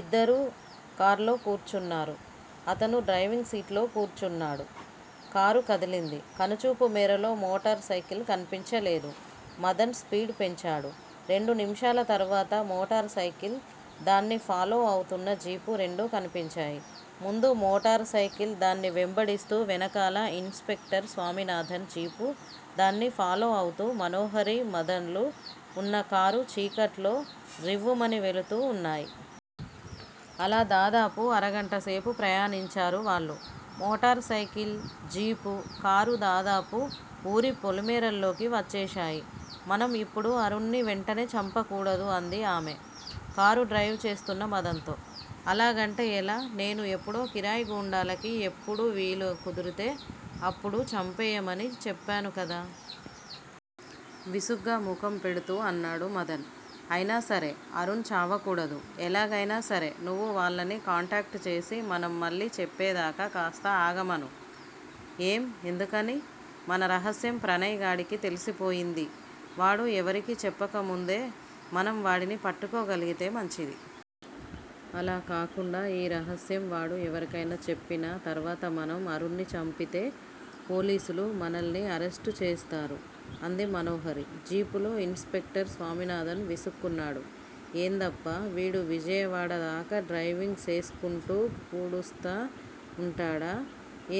ఇద్దరూ కార్లో కూర్చున్నారు. అతను డ్రైవింగ్ సీట్లో కూర్చున్నాడు. కారు కదిలింది. కనుచూపు మేరలో మోటార్ సైకిల్ కనిపించలేదు. మదన్ స్పీడ్ పెంచాడు. రెండు నిముషాల తర్వాత మోటార్ సైకిల్, దాన్ని ఫాలో అవుతున్న జీపూ రెండూ కనిపించాయి. ముందు మోటార్ సైకిల్ దాన్ని వెంబడిస్తూ వెనకాల ఇన్స్ పెక్టర్ స్వామినాథన్ జీపూ దాన్ని ఫాలో అవుతూ మనోహరీ, మదన్ లు వున్న కారూ చీకట్లో రివ్వుమని వెళుతూ వున్నాయి. అలా దాదాపు అరగంటసేపు ప్రయాణించారు వాళ్ళు. మోటార్ సైకిల్, జీపు, కారు దాదాపు వూరి పొలిమేరల్లోకి వచ్చేశాయి. మనం ఇప్పుడు అరుణ్ ని వెంటనే చంపకూడదు అంది ఆమె కారు డ్రైవ్ చేస్తున్న మదన్ తో. అలాగంటే ఎలా? నేను ఎప్పుడో కిరాయి గూండాలకి ఎప్పుడు వీలు కుదిరితే అప్పుడు చంపెయ్యమని చెప్పాను కదా? విసుగ్గా ముఖం పెడుతూ అన్నాడు మదన్. అయినా సరే అరుణ్ చావకూడదు! ఎలాగైనా సరే నువ్వు వాళ్ళని కాంటాక్ట్ చేసి మనం మళ్ళీ చెప్పేదాకా కాస్త ఆగమను. ఏం? ఎందుకని? మన రహస్యం ప్రణయ్ గాడికి తెలిసిపోయింది. వాడు ఎవరికీ చెప్పకముందే మనం వాడిని పట్టుకోగలిగితే మంచిది. అలా కాకుండా ఈ రహస్యం వాడు ఎవరికైనా చెప్పినా తర్వాత మనం అరుణ్ ని చంపితే పోలీసులు మనల్ని అరెస్టు చేస్తారు అంది మనోహరి. జీపులో ఇన్స్ పెక్టర్ స్వామినాథన్ విసుక్కున్నాడు_ ఏందప్పా? వీడు విజయవాడదాకా డ్రైవింగ్ సేస్కుంటూ పూడుస్తా వుంటాడా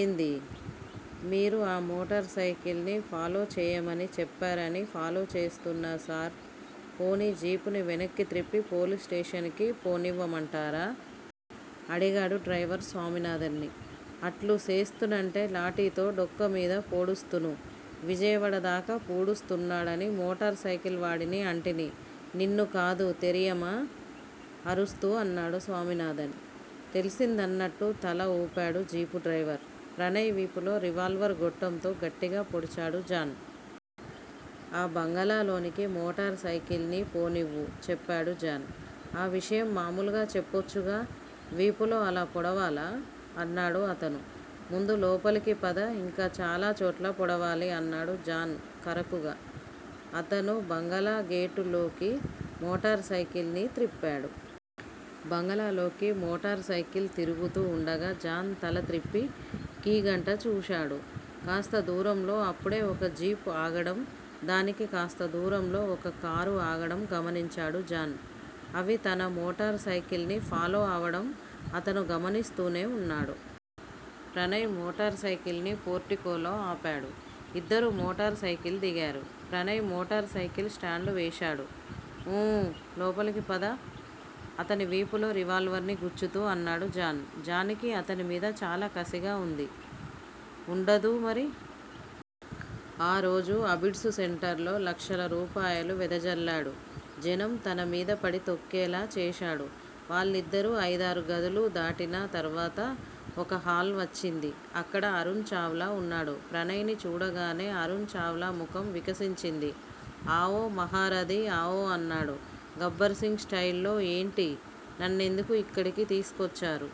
ఏంది? మీరు ఆ మోటార్ సైకిల్ ని ఫాలో చేయమని చెప్పారని ఫాలో చేస్తున్నా సార్ పోనీ జీపుని వెనక్కి త్రిప్పి పోలీస్ స్టేషన్ కి పోనివ్వమంటారా? అడిగాడు డ్రైవర్ స్వామినాథన్ ని. అట్లు సేస్తునంటే లాఠీతో డొక్కమీద పోడుస్తును విజయవాడ దాకా పూడుస్తున్నాడని మోటార్ సైకిల్ వాడిని అంటిని నిన్ను కాదు తెరియమా? అరుస్తూ అన్నాడు స్వామినాథన్. తెలిసిందన్నట్టు తల వూపాడు జీపు డ్రైవర్. ప్రణయ్ వీపులో రివాల్వర్ గొట్టంతో గట్టిగా పొడిచాడు జాన్. ఆ బంగళాలోనికి మోటార్ సైకిల్ ని పోనివ్వు చెప్పాడు జాన్. ఆ విషయం మామూలుగా చెప్పొచ్చుగా వీపులో అలా పొడవాలా? అన్నాడు అతను. ముందు లోపలికి పద ఇంకా చాలాచోట్ల పొడవాలి అన్నాడు జాన్ కరకుగా. అతను బంగాళా గేటులోకి మోటార్ సైకిల్ ని త్రిప్పాడు. బంగళాలోకి మోటార్ సైకిల్ తిరుగుతూ వుండగా జన్ తలత్రిప్పి కీగంట చూశాడు. కాస్త దూరంలో అప్పుడే ఒక జీప్ ఆగడం, దానికి కాస్త దూరంలో ఒక కారు ఆగడం గమనించాడు జాన్. అవి తన మోటార్ సైకిల్ ని ఫాలో అవడం అతను గమనిస్తూనే వున్నాడు. ప్రణయ్ మోటార్ సైకిల్ ని పోర్టికోలో ఆపాడు. ఇద్దరు మోటార్ సైకిల్ దిగారు. ప్రణయ్ మోటార్ సైకిల్ స్టాండ్ వేశాడు. ఊ లోపలికి పద. అతని వీపులో రివాల్వర్ ని గుచ్చుతూ అన్నాడు జాన్. జాన్ కి అతని మీద చాలా కసిగా వుంది. ఉండదూ మరి? ఆ రోజు అబిడ్స్ సెంటర్లో లక్షల రూపాయలు వెదజల్లాడు జనం తనమీద పడి తొక్కేలా చేశాడు. వాళ్ళిద్దరూ అయిదారు గదులు దాటినా తర్వాత ఒక హాల్ వచ్చింది. అక్కడ అరుణ్ చావ్లా వున్నాడు. ప్రణయ్ ని చూడగానే అరుణ్ చావ్లా ముఖం వికసించింది. ఆవో మహారదీ ఆవో అన్నాడు గబ్బర్ సింగ్ స్టయిల్ లో ఏంటీ? నన్నెందుకు ఇక్కడికి తీస్కొచ్చారు?